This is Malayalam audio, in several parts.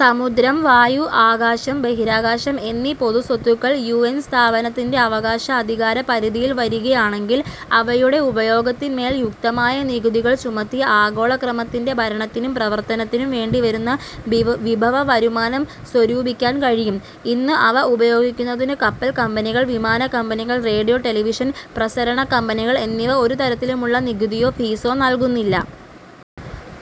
സമുദ്രം, വായു, ആകാശം, ബഹിരാകാശം എന്നീ പൊതുസ്വത്തുകൾ യു. എൻ. സ്ഥാപനത്തിന്റെ അവകാശ അധികാരപരിധിയിൽ വരികയാണെങ്കിൽ അവയുടെ ഉപയോഗത്തിന്മേൽ യുക്തമായ നികുതികൾ ചുമത്തി ആഗോളക്രമത്തിന്റെ ഭരണത്തിനും പ്രവർത്തനത്തിനും വേണ്ടിവരുന്ന വിഭവവരുമാനം സ്വരൂപിക്കാൻ കഴിയും. ഇന്ന് അവ ഉപയോഗിക്കുന്നതിനു കപ്പൽകമ്പനികൾ, വിമാനകമ്പനികൾ, റേഡിയോ-ടെലിവിഷൻ പ്രസരണകമ്പനികൾ എന്നിവ ഒരു തരത്തിലുമുള്ള നികുതിയോ, ഫീസോ നൽകുന്നില്ല.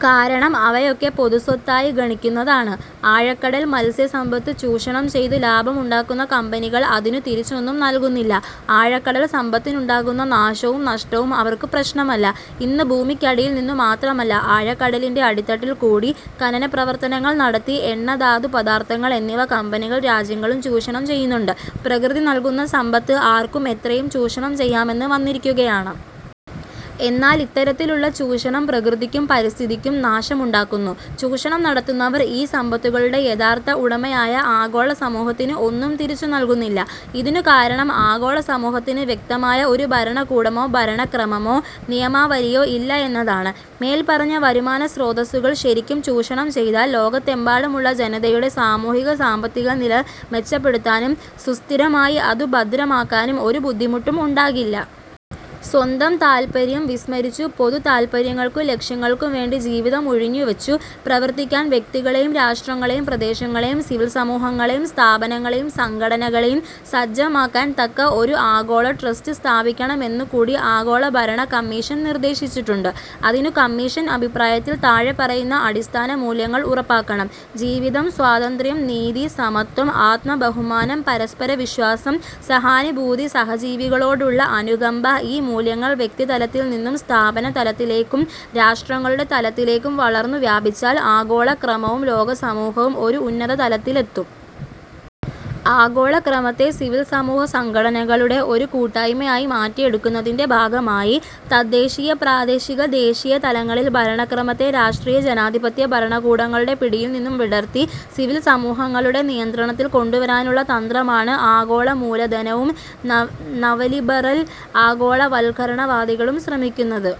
കാരണം, അവയൊക്കെ പൊതുസ്വത്തായി ഗണിക്കുന്നതാണ്. ആഴക്കടൽ മത്സ്യസമ്പത്തു ചൂഷണം ചെയ്തു ലാഭമുണ്ടാക്കുന്ന കമ്പനികൾ അതിനു തിരിച്ചൊന്നും നൽകുന്നില്ല. ആഴക്കടൽ സമ്പത്തിനുണ്ടാകുന്ന നാശവും നഷ്ടവും അവർക്കു പ്രശ്നമല്ല. ഇന്നു ഭൂമിക്കടിയിൽനിന്നു മാത്രമല്ല ആഴക്കടലിന്റെ അടിത്തട്ടിൽകൂടി ഖനനപ്രവർത്തനങ്ങൾ നടത്തി എണ്ണധാതുപദാർഥങ്ങൾ എന്നിവ കമ്പനികളും രാജ്യങ്ങളും ചൂഷണം ചെയ്യുന്നുണ്ട്. പ്രകൃതി നൽകുന്ന സമ്പത്ത് ആർക്കും എത്രയും ചൂഷണം ചെയ്യാമെന്ന് വന്നിരിക്കുകയാണ്. എന്നാലിത്തരത്തിലുള്ള ചൂഷണം പ്രകൃതിക്കും, പരിസ്ഥിതിക്കും നാശം ഉണ്ടാക്കുന്നു. ചൂഷണം നടത്തുന്നവർ ഈ സമ്പത്തുകളുടെ യഥാർഥ ഉടമയായ ആഗോളസമൂഹത്തിന് ഒന്നും തിരിച്ചുനൽകുന്നില്ല. ഇതിനുകാരണം ആഗോളസമൂഹത്തിനു വ്യക്തമായ ഒരു ഭരണകൂടമോ ഭരണക്രമമോ നിയമാവലിയോ ഇല്ല എന്നതാണ്. മേൽപ്പറഞ്ഞ വരുമാനസ്രോതസ്സുകൾ ശരിക്കും ചൂഷണം ചെയ്താൽ ലോകത്തെമ്പാടുമുള്ള ജനതയുടെ സാമൂഹിക-സാമ്പത്തികനില മെച്ചപ്പെടുത്താനും സുസ്ഥിരമായി അതു ഭദ്രമാക്കാനും ഒരു ബുദ്ധിമുട്ടും ഉണ്ടാകില്ല. സ്വന്തം താത്പര്യം വിസ്മരിച്ചു പൊതുതാത്പര്യങ്ങൾക്കും ലക്ഷ്യങ്ങൾക്കുംവേണ്ടി ജീവിതം ഉഴിഞ്ഞുവച്ചു പ്രവർത്തിക്കാൻ വ്യക്തികളെയും രാഷ്ട്രങ്ങളെയും പ്രദേശങ്ങളെയും സിവിൽസമൂഹങ്ങളെയും സ്ഥാപനങ്ങളെയും സംഘടനകളെയും സജ്ജമാക്കാൻ തക്ക ഒരു ആഗോളട്രസ്റ്റ് സ്ഥാപിക്കണമെന്നുകൂടി ആഗോളഭരണകമ്മീഷൻ നിർദ്ദേശിച്ചിട്ടുണ്ട്. അതിനു കമ്മീഷന്റെ അഭിപ്രായത്തിൽ താഴെപ്പറയുന്ന അടിസ്ഥാനമൂല്യങ്ങൾ ഉറപ്പാക്കണം: "ജീവിതം, സ്വാതന്ത്ര്യം, നീതി, സമത്വം, ആത്മബഹുമാനം, പരസ്പരവിശ്വാസം, സഹാനുഭൂതി സഹജീവികളോടുള്ള അനുകമ്പ ഈ മൂല്യങ്ങൾ വ്യക്തിതലത്തിൽനിന്നും സ്ഥാപനതലത്തിലേക്കും രാഷ്ട്രങ്ങളുടെ തലത്തിലേക്കും വളർന്നു വ്യാപിച്ചാൽ ആഗോളക്രമവും ലോകസമൂഹവും ഒരു ഉന്നതതലത്തിലെത്തും. ആഗോളക്രമത്തെ സിവിൽസമൂഹസംഘടനകളുടെ ഒരു കൂട്ടായ്മയായി മാറ്റിയെടുക്കുന്നതിന്റെ ഭാഗമായി തദ്ദേശീയ-പ്രാദേശിക-ദേശീയ തലങ്ങളിൽ ഭരണക്രമത്തെ രാഷ്ട്രീയജനാധിപത്യ ഭരണകൂടങ്ങളുടെ പിടിയിൽനിന്നും വിടർത്തി സിവിൽ സമൂഹങ്ങളുടെ നിയന്ത്രണത്തിൽ കൊണ്ടുവരാനുള്ള തന്ത്രമാണ് ആഗോളമൂലധനവും നവലിബറൽ ആഗോളവത്കരണവാദികളും ശ്രമിക്കുന്നത്.